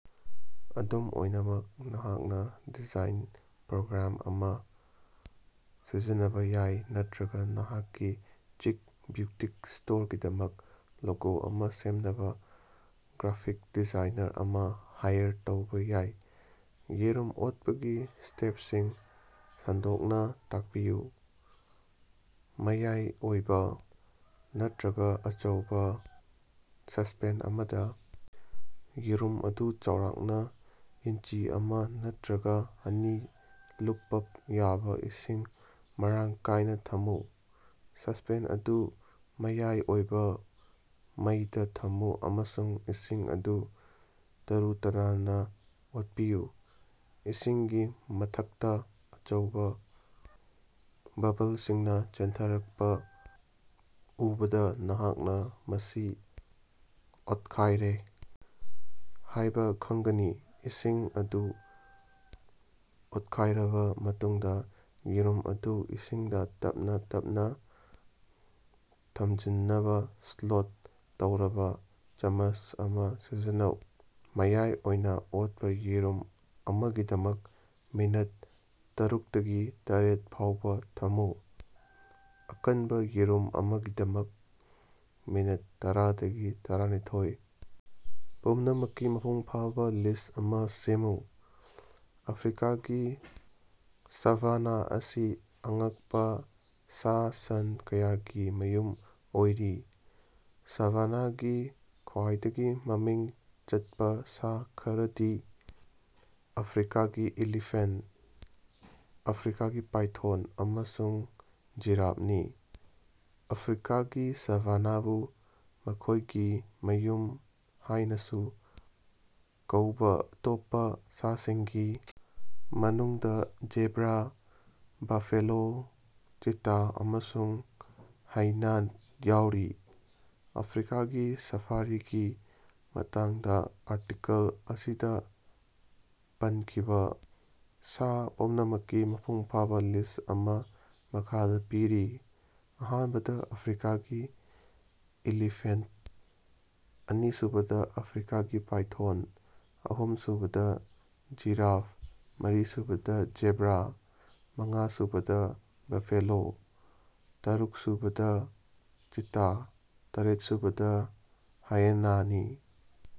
ꯑꯗꯨꯝ ꯑꯣꯏꯅꯃꯛ, ꯅꯍꯥꯛꯅꯥ ꯗꯤꯖꯥꯏꯟ ꯄ꯭ꯔꯣꯒ꯭ꯔꯥꯝ ꯑꯃꯥ ꯁꯤꯖꯤꯟꯅꯕꯥ ꯌꯥꯏ ꯅꯠꯇ꯭ꯔꯒꯥ ꯅꯍꯥꯛꯀꯤ "ꯆꯤꯛ" ꯕ꯭ꯌꯨꯇꯤꯛ ꯁ꯭ꯇꯣꯔꯒꯤꯗꯃꯛ ꯂꯣꯒꯣ ꯑꯃꯥ ꯁꯦꯝꯅꯕꯥ ꯒ꯭ꯔꯥꯐꯤꯛ ꯗꯤꯖꯥꯏꯅꯔ ꯑꯃꯥ ꯍꯥꯏꯔ ꯇꯧꯕꯥ ꯌꯥꯏ꯫ ꯌꯦꯔꯨꯝ ꯑꯣꯠꯄꯒꯤ ꯁ꯭ꯇꯦꯞꯁꯤꯡ ꯁꯟꯗꯣꯛꯅꯥ ꯇꯥꯛꯄꯤꯌꯨ꯫ ꯃꯌꯥꯏ ꯑꯣꯏꯕꯥ ꯅꯠꯇ꯭ꯔꯒꯥ ꯑꯆꯧꯕꯥ ꯁꯁꯄꯦꯟ ꯑꯃꯗꯥ ꯌꯦꯔꯨꯝ ꯑꯗꯨ ꯆꯥꯎꯔꯥꯛꯅꯥ ꯏꯟꯆꯤ ꯑꯃꯥ ꯅꯠꯇ꯭ꯔꯒꯥ ꯑꯅꯤ ꯂꯨꯞꯄꯥ ꯌꯥꯕꯥ ꯏꯁꯤꯡ ꯃꯔꯥꯡ ꯀꯥꯏꯅꯥ ꯊꯝꯃꯨ꯫ ꯁꯁꯄꯦꯟ ꯑꯗꯨ ꯃꯌꯥꯏ ꯑꯣꯏꯕꯥ ꯃꯩꯗꯥ ꯊꯝꯃꯨ ꯑꯃꯁꯨꯡ ꯏꯁꯤꯡ ꯑꯗꯨ ꯇꯔꯨ-ꯇꯅꯥꯟꯅꯥ ꯑꯣꯠꯄꯤꯌꯨ꯫ ꯏꯁꯤꯡꯒꯤ ꯃꯊꯛꯇꯥ ꯑꯆꯧꯕꯥ ꯕꯕꯜꯁꯤꯡꯅꯥ ꯆꯦꯟꯊꯔꯛꯄꯥ ꯎꯕꯗꯥ ꯅꯍꯥꯛꯅꯥ ꯃꯁꯤ ꯑꯣꯠꯈꯥꯏꯔꯦ ꯍꯥꯏꯕꯥ ꯈꯪꯒꯅꯤ꯫ ꯏꯁꯤꯡ ꯑꯗꯨ ꯑꯣꯠꯈꯥꯏꯔꯕꯥ ꯃꯇꯨꯡꯗꯥ, ꯌꯦꯔꯨꯝ ꯑꯗꯨ ꯏꯁꯤꯡꯗꯥ ꯇꯞꯅꯥ ꯇꯞꯅꯥ ꯊꯝꯖꯤꯟꯅꯕꯥ ꯁ꯭ꯂꯣꯠ ꯇꯧꯔꯕꯥ ꯆꯃꯁ ꯑꯃꯥ ꯁꯤꯖꯤꯟꯅꯧ꯫ ꯃꯌꯥꯏ ꯑꯣꯏꯅꯥ ꯑꯣꯠꯄꯥ ꯌꯦꯔꯨꯝ ꯑꯃꯒꯤꯗꯃꯛ, ꯃꯤꯅꯠ ꯇꯥꯔꯨꯛꯇꯒꯤ ꯇꯔꯦꯠ ꯐꯥꯎꯕꯥ ꯊꯝꯃꯨ꯫ ꯑꯀꯟꯕꯥ ꯌꯦꯔꯨꯝ ꯑꯃꯒꯤꯗꯃꯛ, ꯃꯤꯅꯠ ꯇꯔꯥꯗꯒꯤ ꯇꯔꯥꯅꯤꯊꯣꯏ ꯄꯨꯝꯅꯃꯛꯀꯤ ꯃꯄꯨꯡꯐꯥꯕꯥ ꯂꯤꯁ ꯑꯃꯥ ꯁꯦꯝꯃꯨ꯫ ꯑꯐ꯭ꯔꯤꯀꯥꯒꯤ ꯁꯥꯚꯥꯅꯥ ꯑꯁꯤ ꯑꯉꯛꯄꯥ ꯁꯥ-ꯁꯟ ꯀꯌꯥꯒꯤ ꯃꯌꯨꯝ ꯑꯣꯏꯔꯤ꯫ ꯁꯥꯚꯥꯅꯥꯒꯤ ꯈ꯭ꯋꯥꯏꯗꯒꯤ ꯃꯃꯤꯡ ꯆꯠꯄꯥ ꯁꯥ ꯈꯔꯗꯤ ꯑꯐ꯭ꯔꯤꯀꯥꯒꯤ ꯏꯂꯤꯐꯦꯟꯇ, ꯑꯐ꯭ꯔꯤꯀꯥꯒꯤ ꯄꯥꯏꯊꯣꯟ ꯑꯃꯁꯨꯡ ꯖꯤꯔꯥꯞꯅꯤ꯫ ꯑꯐ꯭ꯔꯤꯀꯥꯒꯤ ꯁꯥꯚꯥꯅꯥꯕꯨ ꯃꯈꯣꯏꯒꯤ ꯃꯌꯨꯝ ꯍꯥꯏꯅꯥꯁꯨ ꯀꯧꯕꯥ ꯑꯇꯣꯞꯄꯥ ꯁꯥꯁꯤꯡꯒꯤ ꯃꯅꯨꯡꯗꯥ ꯖꯦꯕ꯭ꯔꯥ, ꯕꯥꯐꯦꯂꯣ, ꯆꯤꯇꯥ ꯑꯃꯁꯨꯡ ꯍꯥꯏꯅꯥ ꯌꯥꯎꯔꯤ꯫ ꯑꯐ꯭ꯔꯤꯀꯥꯒꯤ ꯁꯐꯥꯔꯤꯒꯤ ꯃꯇꯥꯡꯗꯥ ꯑꯥꯔꯇꯤꯀꯜ ꯑꯁꯤꯗꯥ ꯄꯟꯈꯤꯕꯥ ꯁꯥ ꯄꯨꯝꯅꯃꯛꯀꯤ ꯃꯄꯨꯡ ꯐꯥꯕꯥ ꯂꯤꯁ ꯑꯃꯥ ꯃꯈꯥꯗꯥ ꯄꯤꯔꯤ: ꯑꯍꯥꯟꯕꯗ ꯑꯐ꯭ꯔꯤꯀꯥꯒꯤ ꯏꯂꯤꯐꯦꯟꯇ ꯑꯅꯤꯁꯨꯕꯗꯥ ꯑꯐ꯭ꯔꯤꯀꯥꯒꯤ ꯄꯥꯏꯊꯣꯟ ꯑꯍꯨꯝꯁꯨꯕꯗꯥ ꯖꯤꯔꯥꯐ ꯃꯥꯔꯤꯁꯨꯕꯗ ꯖꯦꯕ꯭ꯔꯥ ꯃꯉꯥ ꯁꯨꯕꯗꯥ ꯕꯐꯦꯂꯣ ꯇꯥꯔꯨꯛꯁꯨꯕꯗ ꯆꯤꯇꯥ ꯇꯔꯦꯠꯁꯨꯕꯗ ꯍꯥꯌꯥꯅꯥ ꯅꯤ꯫